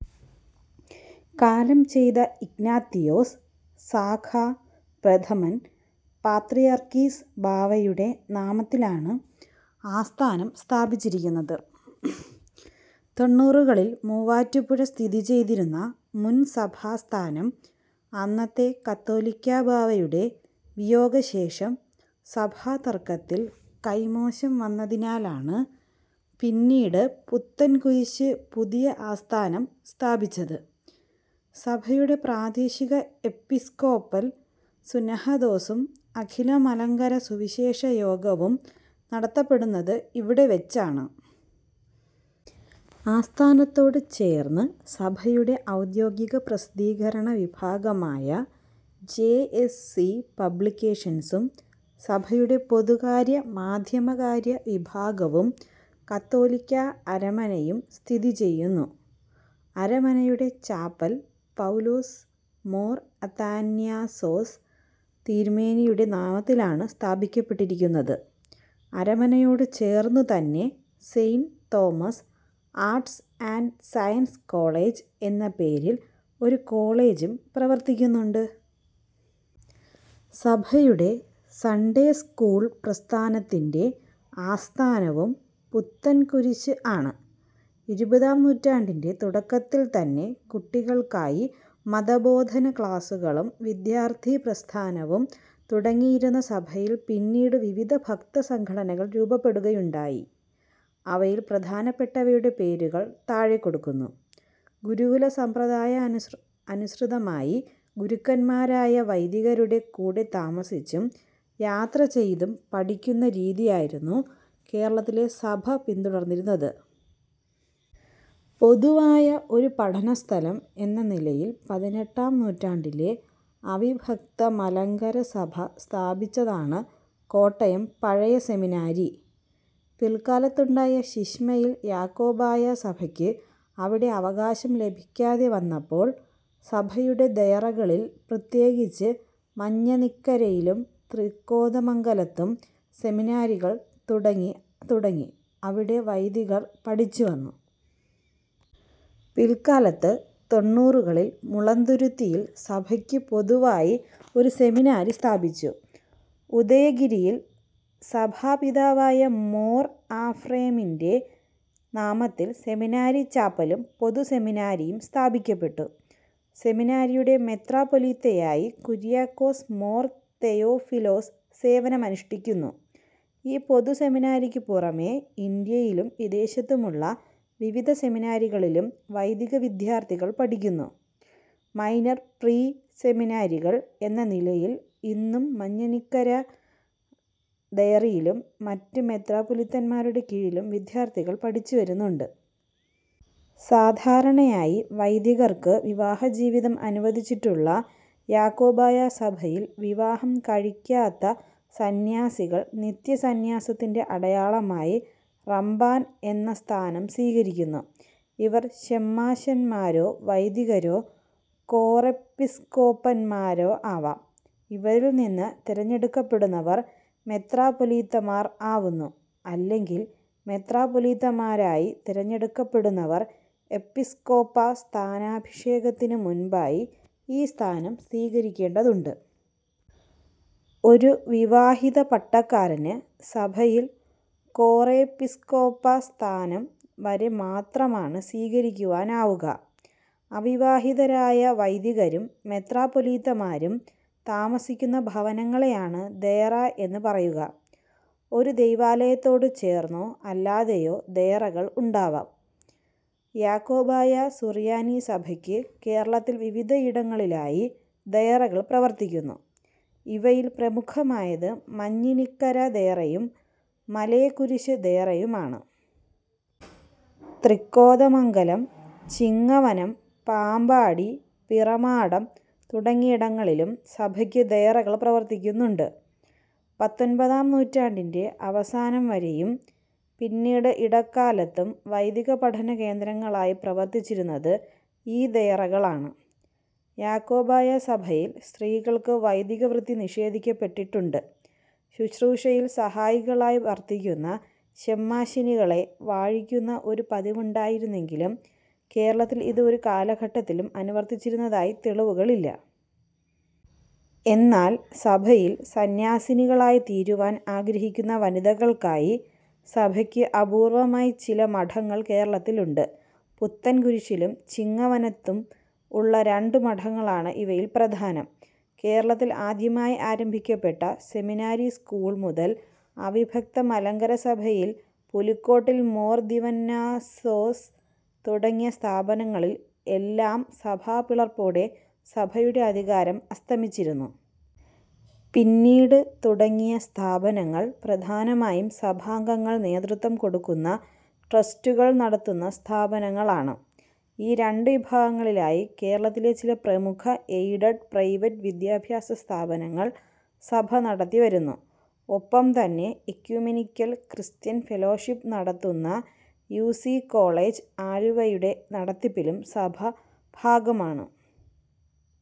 കാലം ചെയ്ത Ignatius Zakka പ്രഥമൻ പാത്രിയർക്കീസ് ബാവയുടെ നാമത്തിലാണ് ആസ്ഥാനം സ്ഥാപിച്ചിരിക്കുന്നത്. തൊണ്ണൂറുകളിൽ മുവാറ്റുപുഴ സ്ഥിതി ചെയ്തിരുന്ന മുൻ സഭാസ്ഥാനം അന്നത്തെ കാതോലിക്ക ബാവയുടെ വിയോഗശേഷം സഭാതർക്കത്തിൽ കൈമോശം വന്നതിനാലാണ് പിന്നീട് പുത്തൻകുരിശ് പുതിയ ആസ്ഥാനം സ്ഥാപിച്ചത്. സഭയുടെ പ്രാദേശിക എപ്പിസ്കോപ്പൽ സുന്നഹദോസും അഖില മലങ്കര സുവിശേഷ യോഗവും നടത്തപ്പെടുന്നത് ഇവിടെ വച്ചാണ്. ആസ്ഥാനത്തോട് ചേർന്ന് സഭയുടെ ഔദ്യോഗിക പ്രസിദ്ധീകരണ വിഭാഗമായ ജെ. എസ്. സി. പബ്ലിക്കേഷൻസും സഭയുടെ പൊതുകാര്യ-മാധ്യമകാര്യ വിഭാഗവും കത്തോലിക്ക അരമനയും സ്ഥിതി ചെയ്യുന്നു. അരമനയുടെ ചാപ്പൽ പൗലോസ് മോർ അത്താനാസ്യോസ് തിരുമേനിയുടെ നാമത്തിലാണ് സ്ഥാപിക്കപ്പെട്ടിരിക്കുന്നത്. അരമനയോട് ചേർന്നുതന്നെ saint Thomas arts and science college എന്ന പേരിൽ ഒരു കോളജും പ്രവർത്തിക്കുന്നുണ്ട്. സഭയുടെ സണ്ടേ സ്കൂൾ പ്രസ്ഥാനത്തിൻ്റെ ആസ്ഥാനവും പുത്തൻകുരിശ് ആണ്. ഇരുപതാം നൂറ്റാണ്ടിൻ്റെ തുടക്കത്തിൽ തന്നെ കുട്ടികൾക്കായി മതബോധന ക്ലാസുകളും വിദ്യാർത്ഥി പ്രസ്ഥാനവും തുടങ്ങിയിരുന്ന സഭയിൽ പിന്നീട് വിവിധ ഭക്തസംഘടനകൾ രൂപപ്പെടുകയുണ്ടായി. അവയിൽ പ്രധാനപ്പെട്ടവയുടെ പേരുകൾ താഴെക്കൊടുക്കുന്നു. ഗുരുകുല സമ്പ്രദായാനുസൃതമായി ഗുരുക്കന്മാരായ വൈദികരുടെ കൂടെ താമസിച്ചും യാത്രചെയ്തും പഠിക്കുന്ന രീതിയായിരുന്നു കേരളത്തിലെ സഭ പിന്തുടർന്നിരുന്നത്. പൊതുവായ ഒരു പഠനസ്ഥലം എന്ന നിലയിൽ പതിനെട്ടാം നൂറ്റാണ്ടിലെ അവിഭക്ത മലങ്കര സഭ സ്ഥാപിച്ചതാണ് കോട്ടയം പഴയ സെമിനാരി. പിൽക്കാലത്തുണ്ടായ ശീശ്മയിൽ യാക്കോബായ സഭയ്ക്ക് അവിടെ അവകാശം ലഭിക്കാതെ വന്നപ്പോൾ സഭയുടെ ദയറകളിൽ പ്രത്യേകിച്ച് മഞ്ഞനിക്കരയിലും തൃക്കോതമംഗലത്തും സെമിനാരികൾ തുടങ്ങി അവിടേ വൈദികർ പഠിച്ച് വന്നു. പിൽക്കാലത്ത് തൊണ്ണുറുകളിൽ മുളന്തുരുത്തിയിൽ സഭയ്ക്ക് പൊതുവായി ഒരു സെമിനാരി സ്ഥാപിച്ചു. ഉദയഗിരിയിൽ സഭാപിതാവായ മോർ അഫ്രേമിൻ്റെ നാമത്തിൽ സെമിനാരിച്ചാപ്പലും പൊതുസെമിനാരിയും സ്ഥാപിക്കപ്പെട്ടു. സെമിനാരിയുടെ മെത്രാപ്പൊലീത്തയായി കുര്യാക്കോസ് മോർ തെയോഫിലോസ് സേവനമനുഷ്ഠിക്കുന്നു. ഈ പൊതു സെമിനാരിക്കു പുറമെ ഇന്ത്യയിലും വിദേശത്തുമുള്ള വിവിധ സെമിനാരികളിലും വൈദികവിദ്യാർത്ഥികൾ പഠിക്കുന്നു. മൈനർ പ്രീ സെമിനാരികൾ എന്ന നിലയിൽ ഇന്നും മഞ്ഞനിക്കര ദയറയിലും മറ്റ് മെത്രാപ്പൊലീത്തന്മാരുടെ കീഴിലും വിദ്യാർത്ഥികൾ പഠിച്ചുവരുന്നുണ്ട്. സാധാരണയായി വൈദികർക്ക് വിവാഹജീവിതം അനുവദിച്ചിട്ടുള്ള യാക്കോബായ സഭയിൽ, വിവാഹം കഴിക്കാത്ത സന്ന്യാസികൾ നിത്യസന്ന്യാസത്തിൻ്റെ അടയാളമായി റമ്പാൻ എന്ന സ്ഥാനം സ്വീകരിക്കുന്നു. ഇവർ ശെമ്മാശന്മാരോ വൈദികരോ കോറെപ്പിസ്കോപ്പന്മാരോ ആവാം. ഇവരിൽ നിന്ന് തെരഞ്ഞെടുക്കപ്പെടുന്നവർ മെത്രാപ്പൊലീത്തമാർ ആവുന്നു. അല്ലെങ്കിൽ മെത്രാപ്പൊലീത്തമാരായി തെരഞ്ഞെടുക്കപ്പെടുന്നവർ എപ്പിസ്കോപ്പ സ്ഥാനാഭിഷേകത്തിനു മുൻപായി ഈ സ്ഥാനം സ്വീകരിക്കേണ്ടതുണ്ട്. ഒരു വിവാഹിത പട്ടക്കാരന് സഭയിൽ കോറെപ്പിസ്കോപ്പ സ്ഥാനം വരെ മാത്രമാണ് സ്വീകരിക്കുവാൻ ആവുക. അവിവാഹിതരായ വൈദികരും മെത്രാപ്പൊലീത്തമാരും താമസിക്കുന്ന ഭവനങ്ങളെയാണ് ദയറ എന്ന് പറയുക. ഒരു ദൈവാലയത്തോട് ചേർന്നോ അല്ലാതെയോ ദയറകൾ ഉണ്ടാവും. യാക്കോബായ സുറിയാനി സഭയ്ക്ക് കേരളത്തിൽ വിവിധയിടങ്ങളിലായി ദയറകൾ പ്രവർത്തിക്കുന്നു. ഇവയിൽ പ്രമുഖമായത് മഞ്ഞിനിക്കര ദയറയും മലേക്കുരിശ് ദയറയുമാണ്. തൃക്കോതമംഗലം, ചിങ്ങവനം, പാമ്പാടി, പിറമാടം തുടങ്ങിയിടങ്ങളിലും സഭയ്ക്ക് ദയറകൾ പ്രവർത്തിക്കുന്നുണ്ട്. പത്തൊൻപതാം നൂറ്റാണ്ടിൻ്റെ അവസാനം വരെയും പിന്നീട് ഇടക്കാലത്തും വൈദികപഠന കേന്ദ്രങ്ങളായി പ്രവർത്തിച്ചിരുന്നത് ഈ ദയറകളാണ്. യാക്കോബായ സഭയിൽ സ്ത്രീകൾക്ക് വൈദികവൃത്തി നിഷേധിക്കപ്പെട്ടിട്ടുണ്ട്. ശുശ്രൂഷയിൽ സഹായികളായി വർത്തിക്കുന്ന ശെമ്മാശിനികളെ വാഴിക്കുന്ന ഒരു പതിവുണ്ടായിരുന്നെങ്കിലും കേരളത്തിൽ ഇത് ഒരു കാലഘട്ടത്തിലും അനുവർത്തിച്ചിരുന്നതായി തെളിവുകളില്ല. എന്നാൽ സഭയിൽ സന്ന്യാസിനികളായിത്തീരുവാൻ ആഗ്രഹിക്കുന്ന വനിതകൾക്കായി സഭയ്ക്ക് അപൂർവ്വമായി ചില മഠങ്ങൾ കേരളത്തിലുണ്ട്. പുത്തൻകുരിശിലും ചിങ്ങവനത്തും ഉള്ള രണ്ട് മഠങ്ങളാണ് ഇവയിൽ പ്രധാനം. കേരളത്തിൽ ആദ്യമായി ആരംഭിക്കപ്പെട്ട സെമിനാരി സ്കൂൾ മുതൽ അവിഭക്ത മലങ്കര സഭയിൽ പുലിക്കോട്ടിൽ മോർ ദീവന്നാസ്യോസ് തുടങ്ങിയ സ്ഥാപനങ്ങളിൽ എല്ലാം സഭാ പിളർപ്പോടെ സഭയുടെ അധികാരം അസ്തമിച്ചിരുന്നു. പിന്നീട് തുടങ്ങിയ സ്ഥാപനങ്ങൾ പ്രധാനമായും സഭാംഗങ്ങൾ നേതൃത്വം കൊടുക്കുന്ന ട്രസ്റ്റുകൾ നടത്തുന്ന സ്ഥാപനങ്ങളാണ്. ഈ രണ്ട് വിഭാഗങ്ങളിലായി കേരളത്തിലെ ചില പ്രമുഖ എയ്ഡഡ്, പ്രൈവറ്റ് വിദ്യാഭ്യാസ സ്ഥാപനങ്ങൾ സഭ നടത്തി വരുന്നു. ഒപ്പം തന്നെ എക്യുമെനിക്കൽ ക്രിസ്ത്യൻ ഫെലോഷിപ്പ് നടത്തുന്ന യു. സി. കോളജ് ആലുവയുടെ നടത്തിപ്പിലും സഭ ഭാഗമാണ്.